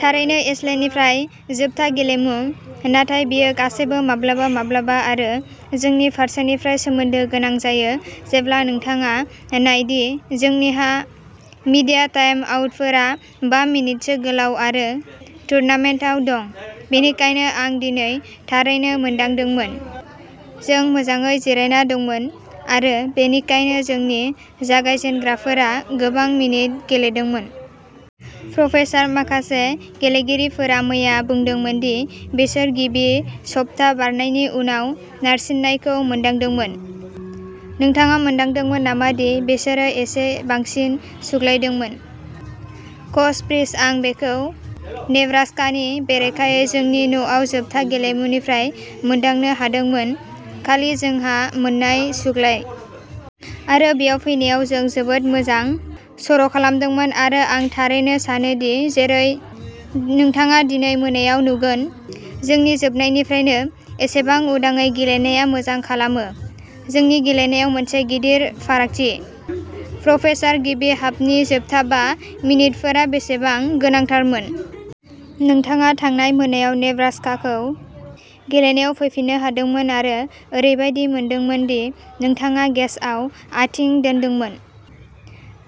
थारैनो एशलेनिफ्राय जोबथा गेलेमु, नाथाय बेयो गासैबो माब्लाबा-माब्लाबा आरो जोंनि फारसेनिफ्राय सोमोन्दो गोनां जायो जेब्ला नोंथाङा नायदि जोंनिहा मीडिया टाइम आउटफोरा बा मिनिटसो गोलाव आरो टुर्नामेन्टआव दं, बेनिखायनो आं दिनै थारैनो मोनदांदोंमोन, जों मोजाङै जिरायना दंमोन, आरो बेनिखायनो जोंनि जागायजेनग्राफोरा गोबां मिनिट गेलेदोंमोन। प्रपेसार माखासे गेलेगिरिफोरा मैया बुंदोंमोन दि बिसोर गिबि सप्ता बारनायनि उनाव नारसिननायखौ मोनदांदोंमोन। नोंथाङा मोनदांदोंमोन नामा दि बिसोरो एसे बांसिन सुग्लायदोंमोन? कच फ्रीज आं बेखौ नेब्रास्कानि बेरेखायै जोंनि न'आव जोबथा गेलेमुनिफ्राय मोनदांनो हादोंमोन, खालि जोंहा मोननाय सुग्लाय। आरो बेयाव फैनायाव जों जोबोद मोजां सर'खालामदोंमोन आरो आं थारैनो सानोदि जेरै नोंथाङा दिनै मोनायाव नुगोन, जोंनि जोबनायनिफ्रायनो, एसेबां उदाङै गेलेनाया मोजां खालामो। जोंनि गेलेनायाव मोनसे गिदिर फारागथि। प्रपेसार गिबि हाफनि जोबथा बा मिनिटफोरा बेसेबां गोनांथारमोन। नोंथाङा थांनाय मोनायाव नेब्रास्काखौ गेलेनायाव फैफिननो होदोंमोन आरो ओरैबायदि मोनदोंमोन दि नोंथाङा गेसआव आथिं दोन्दोंमोन।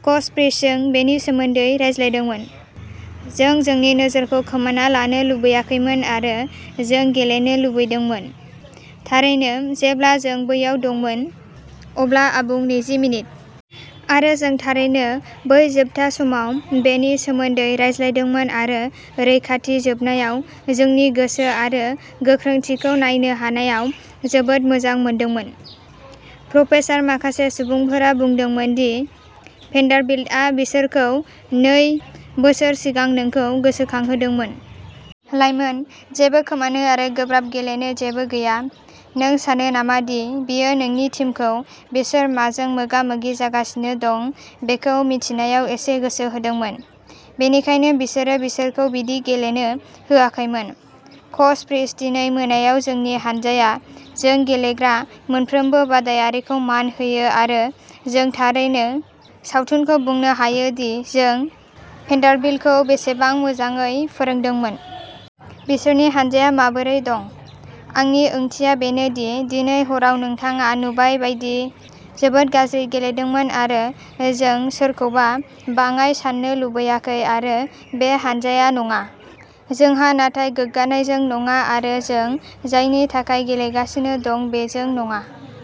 कच फ्रीज जों बेनि सोमोन्दै रायज्लायदोंमोन। जों जोंनि नोजोरखौ खोमाना लानो लुबैयाखैमोन आरो जों गेलेनो लुबैदोंमोन, थारैनो, जेब्ला जों बैयाव दंमोन, अब्ला आबुं नैजि मिनिट। आरो जों थारैनो बै जोबथा समाव बेनि सोमोन्दै रायज्लायदोंमोन आरो रैखाथि जोबनायाव जोंनि गोसो आरो गोख्रोंथिखौ नायनो हानायाव जोबोद मोजां मोनदोंमोन। प्रपेसार माखासे सुबुंफोरा बुंदोंमोन दि भेन्डारबिल्टआ बिसोरखौ नै बोसोर सिगां नोंखौ गोसोखांहोदोंमोन। लाइमोन, जेबो खोमानो आरो गोब्राब गेलेनो जेबो गैया। नों सानो नामा दि बेयो नोंनि टीमखौ बिसोर माजों मोगा-मोगि जागासिनो दं बेखौ मिथिनायाव एसे गोसो होदोंमोन, बेनिखायनो बिसोरो बिसोरखौ बेबादि गेलेनो होआखैमोन। कच फ्रीज दिनै मोनायाव जोंनि हान्जाया जों गेलेग्रा मोनफ्रोमबो बादायगिरिखौ मान होयो आरो जों थारैनो सावथुनखौ बुंनो हायो दि जों भेन्डारबिल्टखौ बेसेबां मोजाङै फोरोंदोंमोन। बिसोरनि हान्जाया माबोरै दं? आंनि ओंथिया बेनो दि दिनै हराव नोंथाङा नुबाय बायदि जोबोद गाज्रि गेलेदोंमोन आरो जों सोरखौबा बाङाइ सान्नो लुबैयाखै आरो बे हान्जाया नङा। जोंहा थानाय गोग्गानायजों नङा आरो जों जायनि थाखाय गेलेगासिनो दं बेजों नङा।